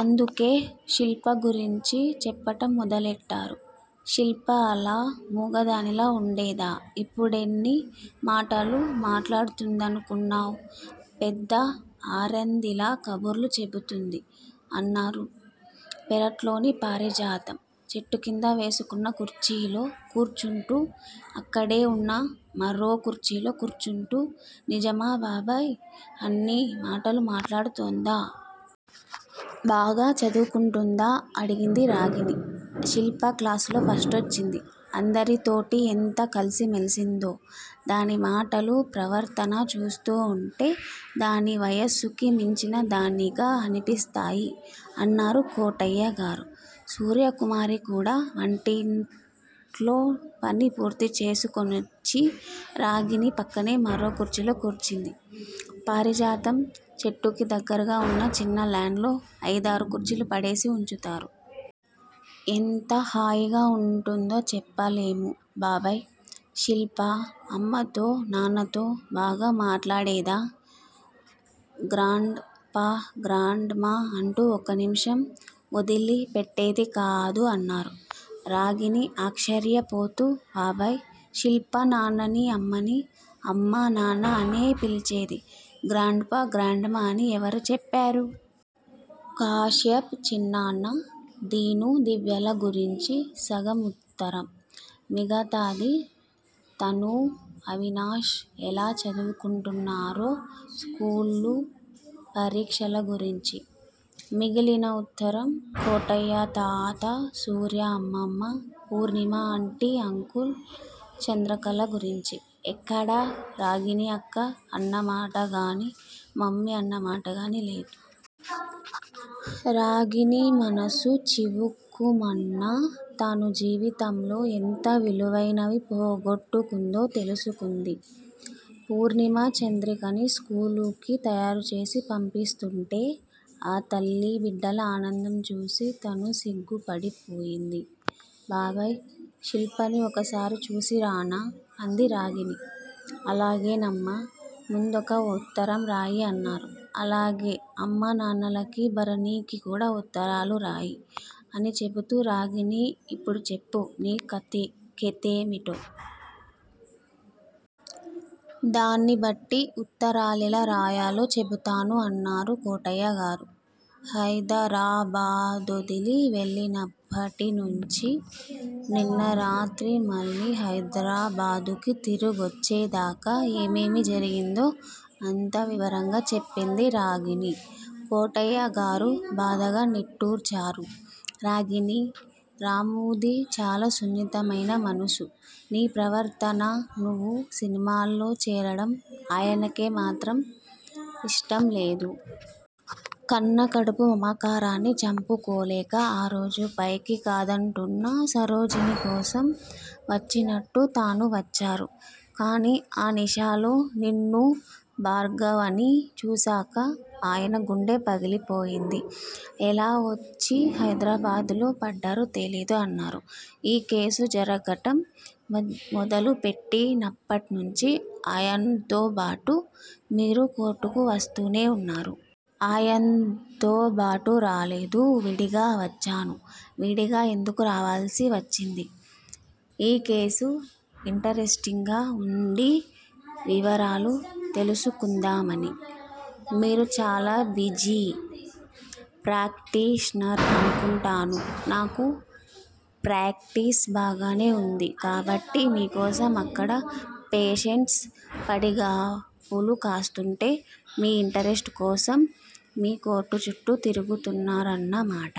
అందుకే శిల్ప గురించి చెప్పటం మొదలెట్టారు. శిల్ప అలా మూగదానిలా వుండేదా, ఇప్పుడెన్ని మాటలు మాట్లాడుతుందనుకున్నావ్? పెద్ద ఆరిందలా కబుర్లు చెబుతుంది. అన్నారు పెరట్లోని పారిజాతం చెట్టుకింద వేసుకున్న కుర్చీలో కూర్చుంటూ. అక్కడే వున్న మరో కుర్చీలో కూర్చుంటూ నిజమా బాబాయ్! అన్ని మాటలు మాట్లాడుతోందా? బాగా చదువుకుంటుందా అడిగింది రాగిణి. శిల్ప క్లాసులో ఫస్టొచ్చింది. అందరితోటీ ఎంత కలిసిమెల్సిందో! దాని మాటలూ ప్రవర్తనా చూస్తూ వుంటే దాని వయస్సుకి మించిన దానిగా అనిపిస్తాయి! అన్నారు కోటయ్యగారు. సూర్యకుమారి కూడా వంటింట్లో పని పూర్తిచేసుకొనొచ్చి, రాగిణి పక్కనే మరో కుర్చీలో కూర్చుంది. పారిజాతం చెట్టుకి దగ్గరగా వున్న చిన్న లాన్ లో అయిదారు కుర్చీలు పడేసి వుంచుతారు. ఎంత హాయిగా వుంటుందో చెప్పలేము! బాబాయ్! శిల్ప అమ్మతో, నాన్నతో బాగా మాట్లాడేదా? గ్రాండ్ పా గ్రాండ్ మా అంటూ ఒక్క నిమిషం ఒదిలిపెట్టేది కాదు అన్నారు. రాగిణి ఆశ్చర్యపోతూ, బాబాయ్! శిల్ప నాన్ననీ అమ్మనీ అమ్మా నాన్నా అనే పిలిచేది. గ్రాండ్ పా గ్రాండ్ మా అని ఎవరు చెప్పారు? కాశ్యప్ చిన్నాన్నా, దీను, దివ్యల గురించి సగం వుత్తరం. మిగతాది తనూ అవినాష్ ఎలా చదువుకుంటున్నారో, స్కూలూ, పరీక్షల గురించి. మిగిలిన ఉత్తరం, కోటయ్యతాతా, సూర్య అమ్మమ్మ, ఫూర్ణిమా ఆంటీ, అంకుల్, చంద్రకళ గురించి. ఎక్కడా రాగిణి అక్క అన్న మాటగాని, మమ్మీ అన్న మాటగానీ లేదు. రాగిణి మనస్సు చివుక్కుమన్నా, తాను జీవితంలో ఎంత విలువైనవి పోగొట్టుకుందో తెలుసుకుంది. పూర్ణిమ, చంద్రికని స్కూలుకి తయారుచేసి పంపిస్తుంటే, ఆ తల్లీ బిడ్డల ఆనందం చూసి తను సిగ్గుపడిపోయింది. బాబాయ్! శిల్పని ఒకసారి చూసిరానా? అంది రాగిణి. అలాగేనమ్మా! ముందొక ఉత్తరం రాయి అన్నారు. అలాగే అమ్మా నాన్నలకీ, భరణికీ కూడా ఉత్తరాలు రాయి అని చెబుతూ రాగిణీ ఇప్పుడు చెప్పు, నీ కేథేమిటో? దాన్ని బట్టి ఉత్తరాలెలా రాయాలో చెబుతాను అన్నారు కోటయ్యగారు. హైదరాబాదొదిలి వెళ్ళినప్పటినుంచి, నిన్నరాత్రి మళ్ళీ హైదరాబాదుకి తిరిగొచ్చేదాకా ఏమేమి జరిగిందో అంతా వివరంగా చెప్పింది రాగిణి. కోటయ్యగారు బాధగా నిట్టూర్చారు. రాగిణీ, రామూది చాలా సున్నితమైన మనస్సు. నీ ప్రవర్తనా నువ్వు సినిమాల్లో చేరడం ఆయనకే మాత్రం ఇష్టంలేదు. కన్న కడుపు మమకారాన్ని చంపుకోలేక ఆ రోజు పైకి కాదంటున్నా సరోజిని కోసం వచ్చినట్టు తాను వచ్చారు. కానీ ఆ నిషాలో నిన్నూ భార్గవనీ చూశాక, ఆయన గుండె పగిలిపోయింది. ఎలా వొచ్చి హైదరాబాద్ లో పడ్డారో తెలీదు అన్నారు. ఈ కేసు జరగటం మొదలుపెట్టినప్పట్నుంచీ ఆయన్తోబాటు మీరు కోర్టుకు వస్తూనే వున్నారు? ఆయన్తోబాటు రాలేదు. విడిగా వచ్చాను. విడిగా ఎందుకు రావల్సి వచ్చింది? ఈ కేసు యింటరెస్టింగ్ గా వుండి, వివరాలు తెలుసుకుందామని. మీరు చాలా బిజీ ప్రాక్టీషనర్ అనుకుంటాను. నాకు ప్రాక్టీస్ బాగానే వుంది. కాబట్టి మీకోసం అక్కడ పేషెంట్స్ పడిగాపులు కాస్తుంటే మీ యింటరెస్ట్ కోసం మీ కోర్టుచుట్టూ తిరుగుతున్నారన్నమాట.